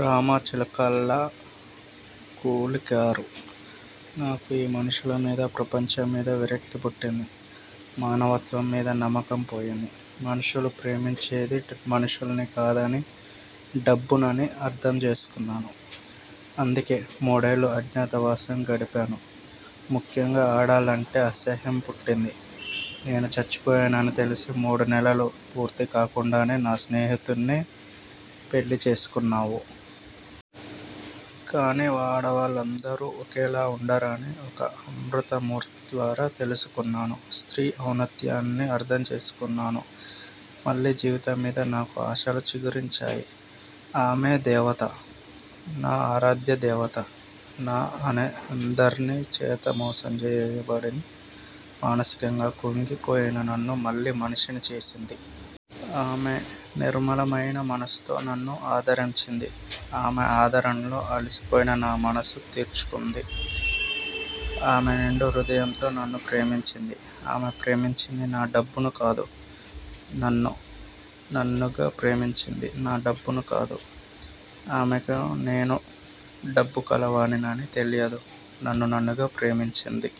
రామ చిలుకల్లా కూలికారు. నాకు ఈ మనుషుల మీద, ప్రపంచం మీద విరక్తి పుట్టింది. మానవత్వం మీద నమ్మకం పోయింది. మనుషులు ప్రేమించేది మనుష్యుల్ని కాదనీ, డబ్బుననీ అర్థం చేసుకొన్నాను. అందుకే మూడేళ్ళు అజ్ఞాతవాసం గడిపాను. ముఖ్యంగా ఆడాళ్లంటే అసహ్యం పుట్టింది. నేను చచ్చిపోయానని తెలిసిన మూడు నెలలు పూర్తి కాకుండానే నా స్నేహితుడ్నే పెళ్ళి చేసుకోన్నావు. కాని ఆడవాళ్ళందరూ ఒక్కలాగే ఉండరని ఒక అమృత మూర్తి ద్వారా తెలుసుకొన్నాను స్త్రీ ఔన్నత్యాన్ని అర్థం చేసుకొన్నాను. మళ్ళీ జీవితం మీద నాకు ఆశలు చిగురించాయి. ఆమే దేవత. నా ఆరాధ్య దేవత. నా అనే వాళ్ళందరి చేతా మోసగించబడి, మానసికంగా కుంగి పోయిన నన్ను మళ్ళీ మనిషిని చేసింది. ఆమే నిర్మలమైన మనసుతో నన్ను ఆదరించింది. ఆమే ఆదరణలో అలసిపోయిన నా మనసు తీర్చుకుంది. ఆమె నిండు హృదయంతో నన్ను ప్రేమించింది. ఆమె ప్రేమించింది నా డబ్బును కాదు. నన్ను నన్నుగా ప్రేమించింది. నా డబ్బు కాదు. ఆమెకు నేను డబ్బు గలవాడినని తెలియదు. నన్ను నన్నుగా ప్రేమించింది.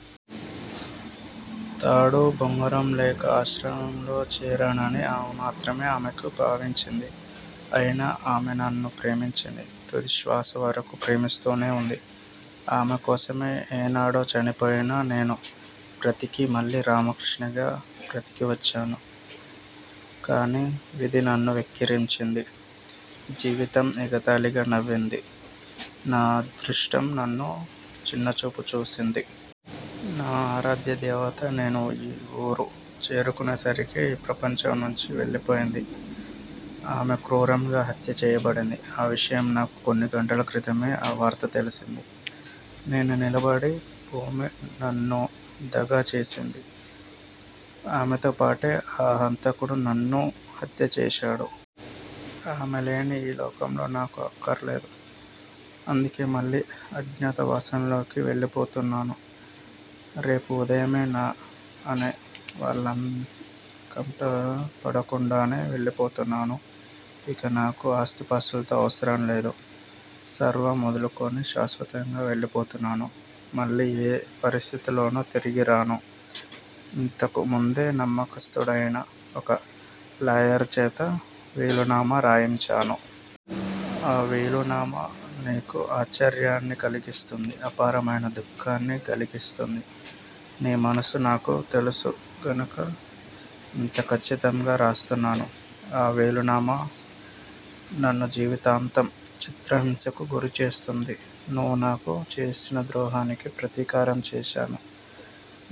తాడూ బొంగరం లేక ఆశ్రమంలో చేరానని మాత్రమే ఆమె భావించింది. అయినా ఆమె నన్ను ప్రేమించింది. తుది శ్వాసవరకూ ప్రేమిస్తూనే ఉంది. ఆమె కోసమే ఏనాడో చనిపోయినా నేను బ్రతికి మళ్లీ రామకృష్ణగా బ్రతికివచ్చాను. కాని విధి నన్ను వెక్కిరించింది. జీవితం ఎగతాళిగా నవ్వింది. నా అదృష్టం నన్ను చిన్న చూపు చూసింది. నా ఆరాధ్య దేవత నేను ఈ ఊరు చేరుకునే సరికే ఈ ప్రపంచం నుంచి వెళ్ళిపోయింది. ఆమె క్రూరంగా హత్య చెయ్యబడింది. ఆ విషయం నాకు కొన్నిగంటల క్రితమే ఆ వార్త తెలిసింది. నేను నిలబడి భూమి నన్ను దగా చేసింది. ఆమెతో పాటే ఆ హంతకుడు నన్నూ హత్యచేశాడు. ఆమె లేని ఈలోకం నాకు అక్కర్లేదు. అందుకే మళ్ళీ అజ్ఞాత వాసంలోకి వెళ్ళిపోతున్నాను. రేపు ఉదయమే, నా అనే వాళ్ళ కంట పడకుండానే వెళ్ళిపోతున్నాను. ఇక నాకు ఆస్తిపాస్తులతో అవసరం లేదు. సర్వం వదులుకొని శాశ్వతంగా వెళ్ళిపోతున్నాను. మళ్ళీ ఏ పరిస్థితిలోనూ తిరిగిరాను. ఇంతకు ముందే నమ్మకస్తుడైన ఒక లాయరుచేత వీలునామ రాయించాను. ఆ వీలునామా నీకు ఆశ్చర్యాన్ని కలిగిస్తుంది. అపారమైన దుఃఖాన్ని గలిగిస్తుంది. నీ మనసు నాకు తెలుసు కనుక ఇంత ఖచ్చితంగా రాస్తున్నాను. ఆ వీలునామా నిన్ను జీవితాంతం చిత్రహింసకు గురిచేస్తుంది. నువ్వు నాకు చేసిన ద్రోహానికి ప్రతీకారం చేశాను.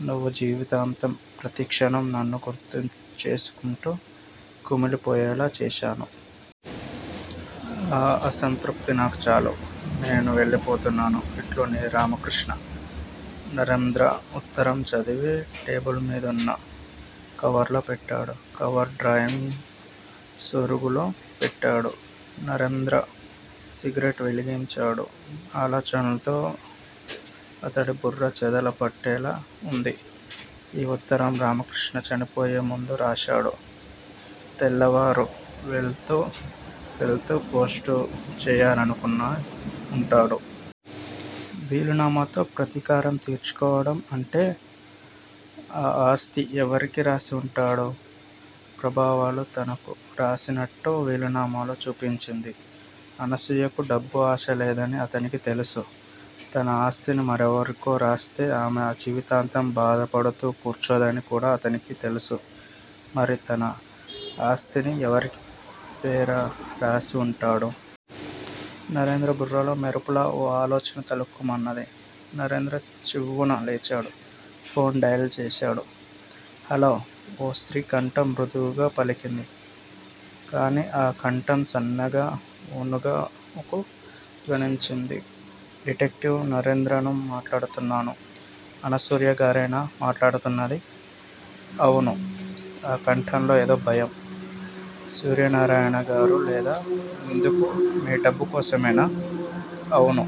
నువ్వు జీవితాంతం, ప్రతిక్షణం, నన్ను గుర్తుచేసుకుంటూ కుమిలి పోయేలా చేశాను. ఆ సంతృప్తి నాకు చాలు. నేను వెళ్ళిపోతున్నాను. ఇట్లు నీ రామకృష్ణ. నరేంద్ర ఉత్తరం చదివి, టేబుల్ మీదున్న కవర్లో పెట్టాడు. కవరు డ్రాయిర్ సొరుగులో పెట్టాడు. నర్రేంద్ర సిగరెట్ వెలిగించాడు. ఆలోచనలతో అతడి బుర్ర చెదల పుట్టలా ఉంది. ఈ ఉత్తరం రామకృష్ణ చనిపోయే ముందు రాశాడు తెల్లవారూ వెళ్తూ వెళుతూ పోస్టు చెయ్యాలనుకున్న ఉంటాడు. వీలునామతో ప్రతీకారం తీర్చుకోవడం అంటే? ఆ ఆస్తి ఎవరికీ రాసి ఉంటాడు? ప్రభావాలు తనకు రాసినట్టు వీలునామా చూపించింది. అనసూయకు డబ్బు ఆశలేదని అతడికి తెలుసు. తన ఆస్తిని మరెవరికో రాస్తే ఆమె జీవితాంతం బాధపడుతూ కూర్చోదని కూడా అతడికి తెలుసు. మరి తన ఆస్తిని ఎవరి పేర రాసి ఉంటాడు. నరేంద్ర బుర్రలో మెరుపులా ఓ ఆలోచన తలుక్కుమన్నది. నరేంద్ర చివ్వున లేచాడు. ఫోన్ డయల్ చేశాడు. హల్లో ఓ స్త్రీ కంఠం మృదువుగా పలికింది. కాని ఆ కంఠం సన్నగా ఒణుకు ధ్వనించింది. డిటెక్టివ్ నరేంద్రను మాట్లాడుతున్నాను అనసూయగారేనా మాట్లాడుతున్నాది? అవును! ఆ కంఠంలో ఏదో భయం. సూర్యనారాయణగారు లేదా? ఎందుకూ మీ డబ్బు కోసమేనా? అవును.